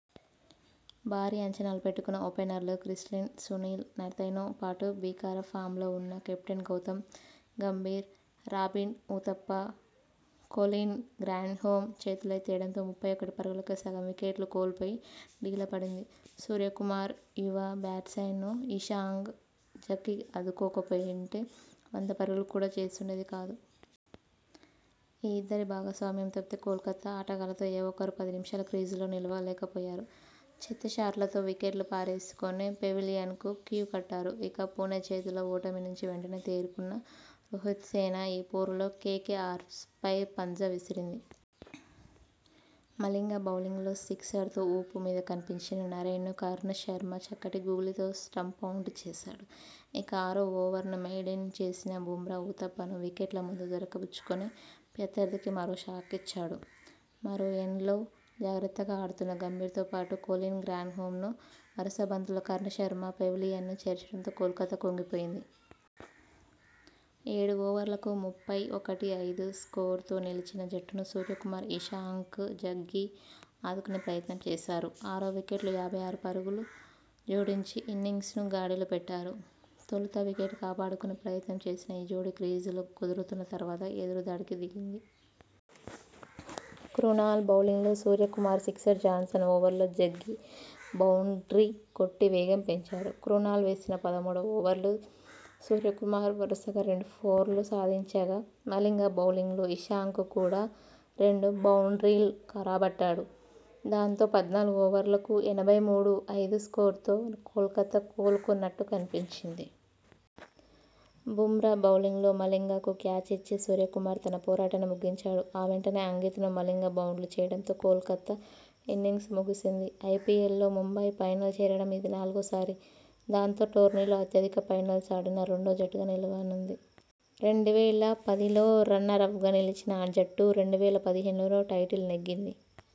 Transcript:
భారీ అంచనాలు పెట్టుకున్న ఓపెనర్లు క్రిస్ లిన్, సునీల్ నరైన్తో పాటు భీకర ఫామ్లో ఉన్న captain Gautam Gambhir, Robin Uthappa, Colin Grandhomme చేతులెత్తేయడంతో ముప్పై ఒకటి పరుగులకే సగం వికెట్లు కోల్పోయి డీలా పడింది. సూర్యకుమార్, యువ బ్యాట్స్మన్ ఇషాంక్ జగ్గీ ఆదుకోకపోయుంటే వంద పరుగులు కూడా చేసుండేది కాదు. ఈ ఇద్దరి భాగస్వామ్యం తప్పితే కోల్కతా ఆటగాళ్లతో ఏ ఒక్కరూ పది నిమిషాలు క్రీజులో నిలువ లేకపోయారు. చెత్త షాట్లతో వికెట్లు పారేసుకొని పెవిలియన్కు క్యూ కట్టారు. ఇక, పుణె చేతిలో ఓటమి నుంచి వెంటనే తేరుకున్న రోహిత్సేన ఈ పోరులో కేకేఆర్పై పంజా విసిరింది. మలింగ బౌలింగ్లో సిక్సర్తో ఊపు మీద కనిపించిన నరైన్ ను కర్ణ్ శర్మ చక్కటి గూగ్లీతో స్టంపౌట్ చేశాడు. ఇక, ఆరో ఓవర్ను మెయిడెన్ చేసిన బుమ్రా ఊతప్ప ను వికెట్ల ముందు దొరక బుచ్చుకొని ప్రత్యర్థికి మరో షాకిచ్చాడు. మరో ఎండ్లో జాగ్రత్తగా ఆడుతున్న గంభీర్ తో పాటు కొలిన్ గ్రాండ్హోమ్ ను వరుస బంతుల్లో కర్ణ్ శర్మ పెవిలియన్ చేర్చడంతో కోల్కతా కుంగిపోయింది. ఏడు ఓవర్లకు ముప్పై ఒకటి, ఐదు స్కోరుతో నిలిచిన జట్టును సూర్యకుమార్, ఇషాంక్ జగ్గీ ఆదుకునే ప్రయత్నం చేశారు. ఆరో వికెట్లు యాభై ఆరు పరుగులు జోడించి ఇన్నింగ్స్ను గాడిలో పెట్టారు. తొలుత వికెట్ కాపాడుకునే ప్రయత్నం చేసిన ఈ జోడీ క్రీజులో కుదురుకున్న తర్వాత ఎదురు దాడికి దిగింది. క్రునాల్ బౌలింగ్లో సూర్యకుమార్ సిక్సర్, జాన్సన్ ఓవర్లో జగ్గీ బౌండ్రీ కొట్టి వేగం పెంచారు. క్రునాల్ వేసిన పదమూడువ ఓవర్లో సూర్యకుమార్ వరుసగా రెండు ఫోర్లు సాధించగా మలింగ బౌలింగ్లో ఇషాంక్ కూడా రెండు బౌండ్రీలు రాబట్టాడు. దాంతో పద్నాలుగు ఓవర్లకు ఎనభై మూడు, ఐదు స్కోరుతో కోల్కతా కోలుకున్నట్టు కనిపించింది. బుమ్రా బౌలింగ్లో మలింగకు క్యాచ్ ఇచ్చి సూర్యకుమార్ తన పోరాటాన్ని ముగించాడు. ఆ వెంటనే అంకిత్ ను మలింగ బౌల్డ్ చేయడంతో కోల్కతా ఇన్నింగ్స్ ముగిసింది. ఐపీఎల్లో ముంబై ఫైనల్ చేరడం ఇది నాలుగోసారి. దాంతో, టోర్నీలో అత్యధిక ఫైనల్స్ ఆడిన రెండో జట్టుగా నిలవనుంది. రెండు వేల పదిలో రన్నరప్గా నిలిచిన ఆ జట్టు, రెండు వేల పదిహేనులో టైటిల్ నెగ్గింది.